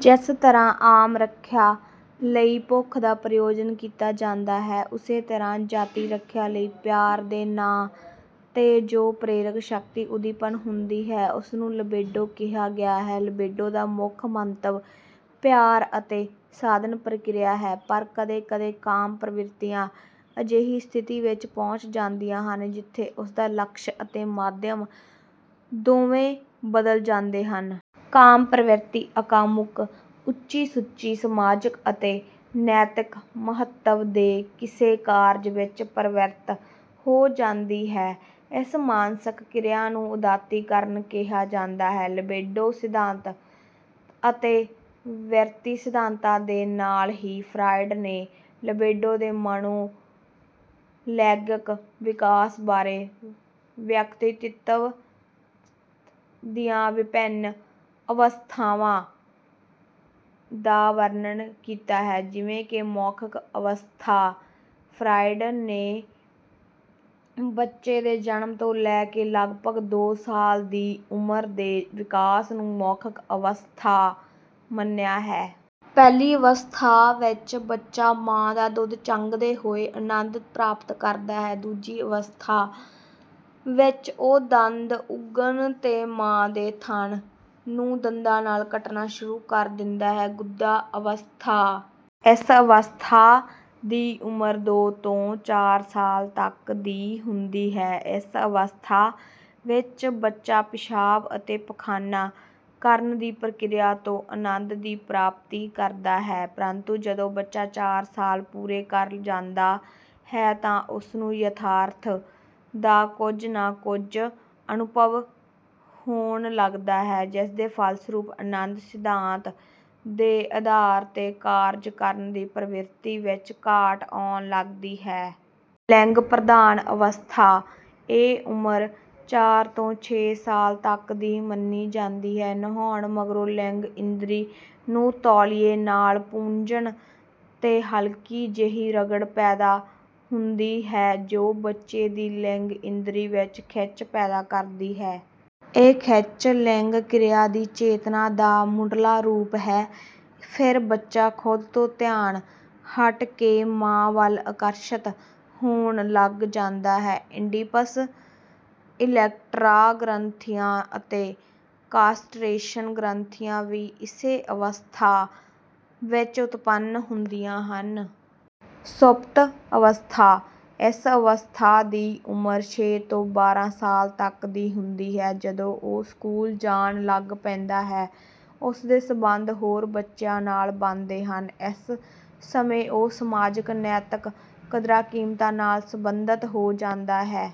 ਜਿਸ ਤਰ੍ਹਾਂ ਆਤਮ-ਰੱਖਿਆ ਲਈ ਭੁੱਖ ਦਾ ਪ੍ਰਯੋਜਨ ਕੀਤਾ ਜਾਂਦਾ ਹੈ। ਉਸੇ ਤਰ੍ਹਾਂ ਜਾਤੀ ਰੱਖਿਆ ਲਈ ਪਿਆਰ ਦੇ ਨਾਂ ਤੇ ਜੋ ਪ੍ਰੇਰਕ ਸ਼ਕਤੀ ਉੱਦੀਪਨ ਹੁੰਦੀ ਹੈ ਉਸਨੂੰ ਲਿਬਿਡੋ ਕਿਹਾ ਗਿਆ ਹੈ। ਲਿਬਿਡੋ ਦਾ ਮੁੱਖ ਮੰਤਵ ਪਿਆਰ ਅਤੇ ਸਾਧਨ ਪ੍ਰਕਿਰਿਆ ਹੈ ਪਰ ਕਦੇ-ਕਦੇ ਕਾਮ ਪ੍ਰਵਿਰਤੀਆਂ ਅਜਿਹੀ ਸਥਿਤੀ ਵਿੱਚ ਪਹੁੰਚ ਜਾਂਦੀਆਂ ਹਨ ਜਿੱਥੇ ਉਸਦਾ ਲਕਸ਼ ਅਤੇ ਮਾਧਿਅਮ ਦੋਵੇਂ ਬਦਲ ਜਾਂਦੇ ਹਨ। ਕਾਮ ਪ੍ਰਵਿਰਤੀ ਅਕਾਮੁਕ, ਉੱਚੀ-ਸੁੱਚੀ, ਸਮਾਜਿਕ ਅਤੇ ਨੈਤਿਕ ਮਹੱਤਵ ਦੇ ਕਿਸੇ ਕਾਰਜ ਵਿੱਚ ਪ੍ਰਵਿਰਤ ਹੋ ਜਾਂਦੀ ਹੈ। ਇਸ ਮਾਨਸਿਕ ਕ੍ਰਿਆ ਨੂੰ ਉਦਾਤੀਕਰਨ ਕਿਹਾ ਜਾਂਦਾ ਹੈ। ਲਿਬਿਡੋ ਸਿਧਾਂਤ ਅਤੇ ਵ੍ਰਿਤੀ ਸਿਧਾਂਤਾਂ ਦੇ ਨਾਲ ਹੀ ਫਰਾਇਡ ਨੇ ਲਿਬਿਡੋ ਦੇ ਮਨੋ-ਲੈਂਗਿਕ ਵਿਕਾਸ ਬਾਰੇ ਵਿਅਕਤਿਤ੍ਵ ਦੀਆਂ ਵਿਭਿੰਨ ਅਵਸਥਾਵਾਂ ਦਾ ਵਰਣਨ ਕੀਤਾ ਹੈ: ਜਿਵੇਂ ਕਿ ਮੌਖਿਕ ਅਵਸਥਾ: ਫਰਾਇਡ ਨੇ ਬੱਚੇ ਦੇ ਜਨਮ ਤੋਂ ਲੈ ਕੇ ਲਗਭਗ ਦੋ ਸਾਲ ਦੀ ਉਮਰ ਦੇ ਵਿਕਾਸ ਨੂੰ ਮੌਖਿਕ ਅਵਸਥਾ ਮੰਨਿਆ ਹੈ। ਪਹਿਲੀ ਅਵਸਥਾ ਵਿੱਚ ਬੱਚਾ ਮਾਂ ਦਾ ਦੁੱਧ ਚੰਘਦੇ ਹੋਏ ਆਨੰਦ ਪ੍ਰਾਪਤ ਕਰਦਾ ਹੈ। ਦੂਜੀ ਅਵਸਥਾ ਵਿੱਚ ਉਹ ਦੰਦ ਉਗਣ 'ਤੇ ਮਾਂ ਦੇ ਥਨ ਨੂੰ ਦੰਦਾਂ ਨਾਲ ਕੱਟਣਾ ਸ਼ੁਰੂ ਕਰ ਦਿੰਦਾ ਹੈ। ਗੁਦਾ ਅਵਸਥਾ: ਇਸ ਅਵਸਥਾ ਦੀ ਉਮਰ ਦੋ ਤੋਂ ਚਾਰ ਸਾਲ ਤੱਕ ਦੀ ਹੁੰਦੀ ਹੈ, ਇਸ ਅਵਸਥਾ ਵਿੱਚ ਬੱਚਾ ਪਿਸ਼ਾਬ ਅਤੇ ਪਖਾਨਾ ਕਰਨ ਦੀ ਪ੍ਰਕਿਰਿਆ ਤੋਂ ਆਨੰਦ ਦੀ ਪ੍ਰਾਪਤੀ ਕਰਦਾ ਹੈ, ਪ੍ਰੰਤੂ ਜਦੋਂ ਬੱਚਾ ਚਾਰ ਸਾਲ ਪੂਰੇ ਕਰ ਜਾਂਦਾ ਹੈ ਤਾਂ ਉਸਨੂੰ ਯਥਾਰਥ ਦਾ ਕੁੱਝ ਨਾ ਕੁੱਝ ਅਨੁਭਵ ਹੋਣ ਲੱਗਦਾ ਹੈ ਜਿਸਦੇ ਫਲਸਰੂਪ ਆਨੰਦ ਸਿਧਾਂਤ ਦੇ ਆਧਾਰ ਤੇ ਕਾਰਜ ਕਰਨ ਦੀ ਪ੍ਰਵਿਰਤੀ ਵਿੱਚ ਘਾਟ ਆਉਣ ਲੱਗਦੀ ਹੈ। ਲਿੰਗ ਪ੍ਰਧਾਨ ਅਵਸਥਾ: ਇਹ ਉਮਰ ਚਾਰ ਤੋਂ ਛੇ ਸਾਲ ਤੱਕ ਦੀ ਮੰਨੀ ਜਾਂਦੀ ਹੈ। ਨਹਾਉਣ ਮਗਰੋਂ ਲਿੰਗ ਇੰਦਰੀ ਨੂੰ ਤੋਲੀਏ ਨਾਲ ਪੂੰਝਣ ਤੇ ਹਲਕੀ ਜਿਹੀ ਰਗੜ ਪੈਦਾ ਹੁੰਦੀ ਹੈ ਜੋ ਬੱਚੇ ਦੀ ਲਿੰਗ ਇੰਦਰੀ ਵਿੱਚ ਖਿੱਚ ਪੈਦਾ ਕਰਦੀ ਹੈ। ਇਹ ਖਿੱਚ ਲਿੰਗ ਕ੍ਰਿਆ ਦੀ ਚੇਤਨਾ ਦਾ ਮੁੱਢਲਾ ਰੂਪ ਹੈ। ਫਿਰ ਬੱਚਾ ਖ਼ੁਦ ਤੋਂ ਧਿਆਨ ਹੱਟ ਕੇ ਮਾਂ ਵੱਲ ਆਕਰਸ਼ਿਤ ਹੋਣ ਲੱਗ ਜਾਂਦਾ ਹੈ। ਇਡੀਪਸ, ਇਲੈਕਟ੍ਰਾ ਗ੍ਰੰਥੀਆਂ ਅਤੇ ਕਾਸਟਰੇਸ਼ਨ ਗ੍ਰੰਥੀਆਂ ਵੀ ਇਸੇ ਅਵਸਥਾ ਵਿੱਚ ਉਤਪੰਨ ਹੁੰਦੀਆਂ ਹਨ। ਸੁਪਤ ਅਵਸਥਾ: ਇਸ ਅਵਸਥਾ ਦੀ ਉਮਰ ਛੇ ਤੋਂ ਬਾਰਾਂ ਸਾਲ ਤੱਕ ਦੀ ਹੁੰਦੀ ਹੈ, ਜਦੋਂ ਉਹ ਸਕੂਲ ਜਾਣ ਲੱਗ ਪੈਂਦਾ ਹੈ, ਉਸਦੇ ਸੰਬੰਧ ਹੋਰ ਬੱਚਿਆਂ ਨਾਲ ਬਣਦੇ ਹਨ। ਇਸ ਸਮੇਂ ਉਹ ਸਮਾਜਿਕ, ਨੈਤਿਕ ਕਦਰਾਂ-ਕੀਮਤਾਂ ਨਾਲ ਸੰਬੰਧਿਤ ਹੋ ਜਾਂਦਾ ਹੈ।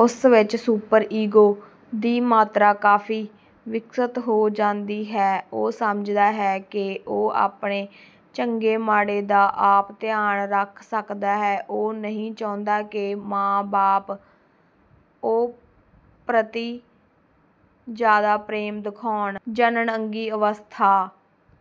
ਉਸ ਵਿੱਚ ਸੁਪਰ-ਈਗੋ ਦੀ ਮਾਤਰਾ ਕਾਫੀ ਵਿਕਸਿਤ ਹੋ ਜਾਂਦੀ ਹੈ। ਉਹ ਸਮਝਦਾ ਹੈ ਕਿ ਉਹ ਆਪਣੇ ਚੰਗੇ-ਮਾੜੇ ਦਾ ਆਪ ਧਿਆਨ ਰੱਖ ਸਕਦਾ ਹੈ, ਉਹ ਨਹੀਂ ਚਾਹੁੰਦਾ ਕਿ ਮਾਂ-ਬਾਪ ਉਹ ਪ੍ਰਤੀ ਜ਼ਿਆਦਾ ਪ੍ਰੇਮ ਦਿਖਾਉਣ। ਜਣਨਅੰਗੀ ਅਵਸਥਾ: